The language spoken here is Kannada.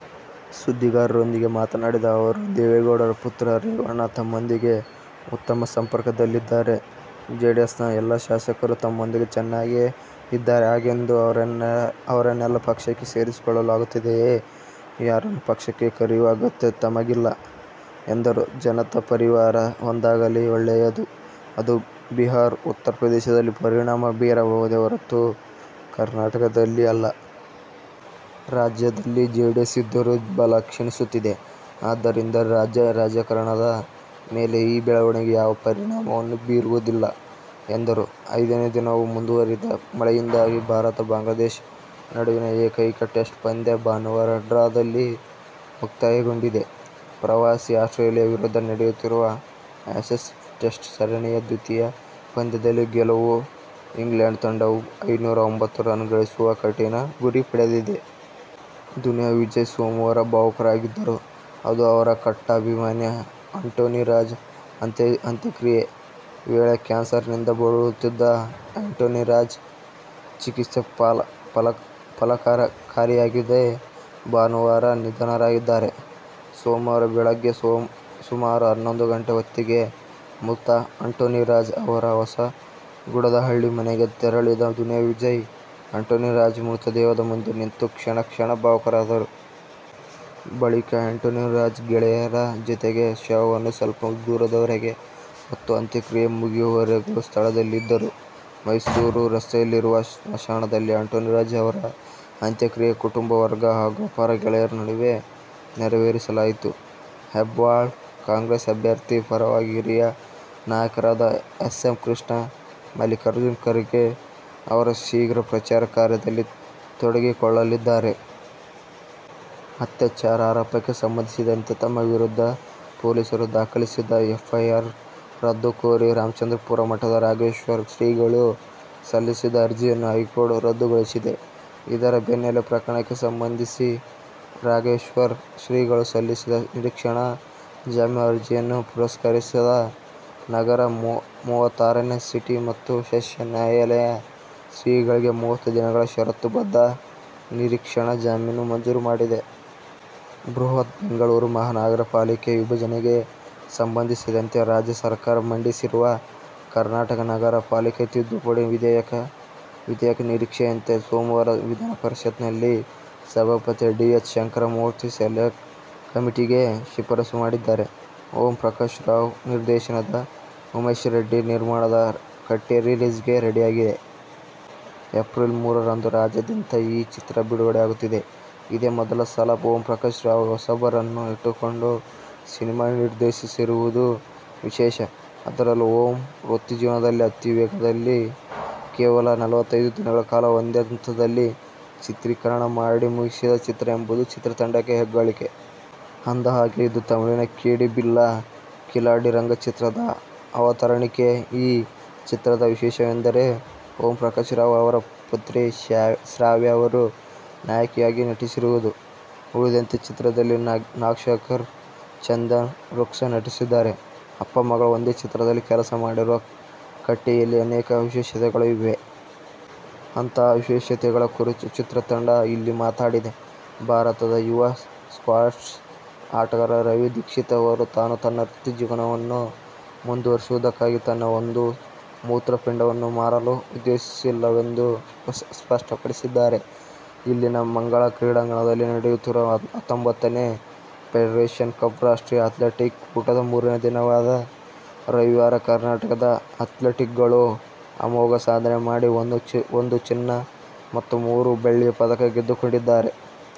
ಸುದ್ದಿಗಾರರೊಂದಿಗೆ ಮಾತನಾಡಿದ ಅವರು, ದೇವೇಗೌಡರ ಪುತ್ರ ರೇವಣ್ಣ ತಮ್ಮೊಂದಿಗೆ ಉತ್ತಮ ಸಂಪರ್ಕದಲ್ಲಿದ್ದಾರೆ. ಜೆಡಿಎಸ್ನ ಎಲ್ಲ ಶಾಸಕರು ತಮ್ಮೊಂದಿಗೆ ಚೆನ್ನಾಗಿಯೇ ಇದ್ದಾರೆ. ಹಾಗೆಂದು ಅವರನ್ನೆಲ್ಲ ಪಕ್ಷಕ್ಕೆ ಸೇರಿಸಿಕೊಳ್ಳಲು ಆಗುತ್ತದೆಯೇ? ಯಾರನ್ನು ಪಕ್ಷಕ್ಕೆ ಕರೆಯುವ ಅಗತ್ಯ ತಮಗಿಲ್ಲ ಎಂದರು. ಜನತಾ ಪರಿವಾರ ಒಂದಾಗಲಿ, ಒಳ್ಳೆಯದು. ಅದು ಬಿಹಾರ, ಉತ್ತರ ಪ್ರದೇಶದಲ್ಲಿ ಪರಿಣಾಮ ಬೀರಬಹುದೇ ಹೊರತು ಕರ್ನಾಟಕದಲ್ಲಿ ಅಲ್ಲ. ರಾಜ್ಯದಲ್ಲಿ ಜೆಡಿಎಸ್ ಇದ್ದರೂ ಬಲ ಕ್ಷೀಣಿಸುತ್ತಿದೆ. ಆದರಿಂದ ರಾಜ್ಯ ರಾಜಕಾರಣದ ಮೇಲೆ ಈ ಬೆಳವಣಿಗೆ ಯಾವ ಪರಿಣಾಮವನ್ನು ಬೀರುವುದಿಲ್ಲ ಎಂದರು. ಐದನೇ ದಿನವೂ ಮುಂದುವರಿದ ಮಳೆಯಿಂದಾಗಿ ಭಾರತ-ಬಾಂಗ್ಲಾದೇಶ ನಡುವಿನ ಏಕೈಕ ಟೆಸ್ಟ್ ಪಂದ್ಯ ಭಾನುವಾರ ಡ್ರಾದಲ್ಲಿ ಮುಕ್ತಾಯಗೊಂಡಿದೆ. ಪ್ರವಾಸಿ ಆಸ್ಟ್ರೇಲಿಯ ವಿರುದ್ಧ ನಡೆಯುತ್ತಿರುವ ಆ್ಯಶಸ್ ಟೆಸ್ಟ್ ಸರಣಿಯ ದ್ವಿತೀಯ ಪಂದ್ಯದಲ್ಲಿ ಗೆಲ್ಲಲು ಇಂಗ್ಲೆಂಡ್ ತಂಡವು ಐನೂರ ಒಂಬತ್ತು ರನ್ ಗಳಿಸುವ ಕಠಿನ ಗುರಿ ಪಡೆದಿದೆ. ದುನಿಯಾ ವಿಜಯ್ ಸೋಮವಾರ ಭಾವುಕರಾಗಿದ್ದರು. ಅದು ಅವರ ಕಟ್ಟಾ ಅಭಿಮಾನಿ ಆಂಟೋನಿರಾಜ್ ಅಂತ್ಯಕ್ರಿಯೆ ವೇಳೆ. ಕ್ಯಾನ್ಸರ್ನಿಂದ ಬಳಲುತ್ತಿದ್ದ ಆಂಟೋನಿರಾಜ್, ಚಿಕಿತ್ಸೆ ಫಲಕಾರಿಯಾಗದೆ ಭಾನುವಾರ ನಿಧನರಾಗಿದ್ದರು. ಸೋಮವಾರ ಬೆಳಗ್ಗೆ ಸುಮಾರು ಹನ್ನೊಂದು ಗಂಟೆ ಹೊತ್ತಿಗೆ ಮೃತ ಆಂಟೋನಿರಾಜ್ ಅವರ ಹೊಸಗುಡದಹಳ್ಳಿ ಮನೆಗೆ ತೆರಳಿದ ದುನಿಯಾ ವಿಜಯ್, ಆಂಟೋನಿರಾಜ್ ಮೃತದೇಹದ ಮುಂದೆ ನಿಂತು ಕ್ಷಣಕ್ಷಣ ಭಾವುಕರಾದರು. ಬಳಿಕ ಆಂಟೋನಿರಾಜ್ ಗೆಳೆಯರ ಜತೆಗೆ ಶವವನ್ನು ಸ್ವಲ್ಪ ದೂರದವರೆಗೆ ಹೊತ್ತು ಅಂತ್ಯಕ್ರಿಯೆ ಮುಗಿಯುವವರೆಗೂ ಸ್ಥಳದಲ್ಲಿದ್ದರು. ಮೈಸೂರು ರಸ್ತೆಯಲ್ಲಿರುವ ಸ್ಮಶಾನದಲ್ಲಿ ಆಂಟೋನಿರಾಜ್ ಅವರ ಅಂತ್ಯಕ್ರಿಯೆ ಕುಟುಂಬ ವರ್ಗ ಹಾಗು ಅಪಾರ ಗೆಳೆಯರ ನಡುವೆ ನೆರವೇರಿಸಲಾಯಿತು. ಹೆಬ್ಟಾಳ ಕಾಂಗ್ರೆಸ್ ಅಭ್ಯರ್ಥಿ ಪರವಾಗಿ ಹಿರಿಯ ನಾಯಕರಾದ ಎಸ್. ಎಂ. ಕೃಷ್ಣ, ಮಲ್ಲಿಕಾರ್ಜುನ ಖರ್ಗೆ ಅವರು ಶೀಘ್ರ ಪ್ರಚಾರ ಕಾರ್ಯದಲ್ಲಿ ತೊಡಗಿಕೊಳ್ಳಲಿದ್ದಾರೆ. ಅತ್ಯಾಚಾರ ಆರೋಪಕ್ಕೆ ಸಂಬಂಧಿಸಿದಂತೆ ತಮ್ಮ ವಿರುದ್ಧ ಪೊಲೀಸರು ದಾಖಲಿಸಿದ್ದ ಎಫ್ಐಆರ್ ರದ್ದು ಕೋರಿ ರಾಮಚಂದ್ರಾಪುರ ಮಠದ ರಾಘವೇಶ್ವರ ಶ್ರೀಗಳು ಸಲ್ಲಿಸಿದ್ದ ಅರ್ಜಿಯನ್ನು ಹೈಕೋರ್ಟ್ ರದ್ದುಗೊಳಿಸಿದೆ. ಇದರ ಬೆನ್ನಲ್ಲೇ ಪ್ರಕರಣಕ್ಕೆ ಸಂಬಂಧಿಸಿ ರಾಘವೇಶ್ವರ ಶ್ರೀಗಳು ಸಲ್ಲಿಸಿದ್ದ ನಿರೀಕ್ಷಣಾ ಜಾಮೀನು ಅರ್ಜಿಯನ್ನು ಪುರಸ್ಕರಿಸಿದ ನಗರ ಮೂವತ್ತಾರನೇ ಸಿಟಿ ಮತ್ತು ಸೆಷನ್ಸ್ ನ್ಯಾಯಾಲಯ, ಶ್ರೀಗಳಿಗೆ ಮೂವತ್ತು ದಿನಗಳ ಷರತ್ತುಬದ್ಧ ನಿರೀಕ್ಷಣಾ ಜಾಮೀನು ಮಂಜೂರು ಮಾಡಿದೆ. ಬೃಹತ್ ಬೆಂಗಳೂರು ಮಹಾನಗರ ಪಾಲಿಕೆ ವಿಭಜನೆಗೆ ಸಂಬಂಧಿಸಿದಂತೆ ರಾಜ್ಯ ಸರ್ಕಾರ ಮಂಡಿಸಿರುವ ಕರ್ನಾಟಕ ನಗರ ಪಾಲಿಕೆ ತಿದ್ದುಪಡಿ ವಿಧೇಯಕ ವಿಧೇಯಕ ನಿರೀಕ್ಷೆಯಂತೆ ಸೋಮವಾರ ವಿಧಾನಪರಿಷತ್ ನಲ್ಲಿ ಸಭಾಪತಿ ಡಿ. ಎಚ್. ಶಂಕರಮೂರ್ತಿ ಸೆಲೆಕ್ಟ್ ಕಮಿಟಿಗೆ ಶಿಫಾರಸು ಮಾಡಿದ್ದಾರೆ. ಓಂಪ್ರಕಾಶ್ರಾವ್ ನಿರ್ದೇಶನದ ಉಮೇಶ್ರೆಡ್ಡಿ ನಿರ್ಮಾಣದ ಕಟ್ಟೆ ರಿಲೀಸ್ಗೆ ರೆಡಿಯಾಗಿದೆ. ಏಪ್ರಿಲ್ ಮೂರು ರಂದು ರಾಜ್ಯಾದ್ಯಂತ ಈ ಚಿತ್ರ ಬಿಡುಗಡೆಯಾಗುತ್ತಿದೆ. ಇದೇ ಮೊದಲ ಸಲ ಓಂಪ್ರಕಾಶ್ ರಾವ್, ಹೊಸಬರನ್ನು ಇಟ್ಟುಕೊಂಡು ಸಿನಿಮಾ ನಿರ್ದೇಶಿಸಿರುವುದು ವಿಶೇಷ. ಅದರಲ್ಲೂ ಓಂ ವೃತ್ತಿ ಜೀವನದಲ್ಲೇ ಅತಿವೇಗದಲ್ಲಿ ಕೇವಲ ನಲವತೈದು ದಿನಗಳ ಕಾಲ ಒಂದೇ ಹಂತದಲ್ಲಿ ಚಿತ್ರೀಕರಣ ಮಾಡಿ ಮುಗಿಸಿದ ಚಿತ್ರ ಎಂಬುದು ಚಿತ್ರತಂಡದ ಹೆಗ್ಗಳಿಕೆ. ಅಂದಹಾಗೆ, ಇದು ತಮಿಳಿನ ಕೇಡಿ ಬಿಲ್ಲಾ ಕಿಲಾಡಿ ರಂಗ ಚಿತ್ರದ ಅವತರಣಿಕೆ. ಈ ಚಿತ್ರದ ವಿಶೇಷವೆಂದರೆ, ಓಂಪ್ರಕಾಶ್ರಾವ್ ಅವರ ಪುತ್ರಿ ಶ್ರಾವ್ಯಾ ಅವರು ನಾಯಕಿಯಾಗಿ ನಟಿಸಿರುವುದು. ಉಳಿದಂತೆ ಚಿತ್ರದಲ್ಲಿ ನಾಗಶೇಖರ್, ಚಂದನ್, ರುಕ್ಸಾ ನಟಿಸಿದ್ದಾರೆ. ಅಪ್ಪ ಮಗಳು ಒಂದೇ ಚಿತ್ರದಲ್ಲಿ ಕೆಲಸ ಮಾಡಿರುವ ಕಟ್ಟೆಯಲ್ಲಿ ಅನೇಕ ವಿಶೇಷತೆಗಳೂ ಇವೆ. ಅಂತಹ ವಿಶೇಷತೆಗಳ ಕುರಿತು ಚಿತ್ರತಂಡ ಇಲ್ಲಿ ಮಾತಾಡಿದೆ. ಭಾರತದ ಯುವ ಸ್ಕ್ವಾಶ್ ಆಟಗಾರ ರವಿ ದೀಕ್ಷಿತ್ ಅವರು ತಾನು ತನ್ನ ವೃತ್ತಿಜೀವನವನ್ನು ಮುಂದುವರಿಸುವುದಕ್ಕಾಗಿ ತನ್ನ ಒಂದು ಮೂತ್ರಪಿಂಡವನ್ನು ಮಾರಲು ಉದ್ದೇಶಿಸಿಲ್ಲವೆಂದು ಸ್ಪಷ್ಟಪಡಿಸಿದ್ದಾರೆ. ಇಲ್ಲಿನ ಮಂಗಳಾ ಕ್ರೀಡಾಂಗಣದಲ್ಲಿ ನಡೆಯುತ್ತಿರುವ ಹತ್ತೊಂಬತ್ತನೇ ಫೆಡರೇಶನ್ ಕಪ್ ರಾಷ್ಟ್ರೀಯ ಆ್ಯತ್ಲೆಟಿಕ್ ಕೂಟದ ಮೂರನೇ ದಿನವಾದ ರವಿವಾರವೂ ಕರ್ನಾಟಕದ ಆ್ಯತ್ಲೀಟ್ಗಳು ಅಮೋಘ ಸಾಧನೆ ಮಾಡಿ ಒಂದು ಚಿನ್ನ ಮತ್ತು ಮೂರು ಬೆಳ್ಳಿಯ ಪದಕ ಗೆದ್ದುಕೊಂಡಿದ್ದಾರೆ.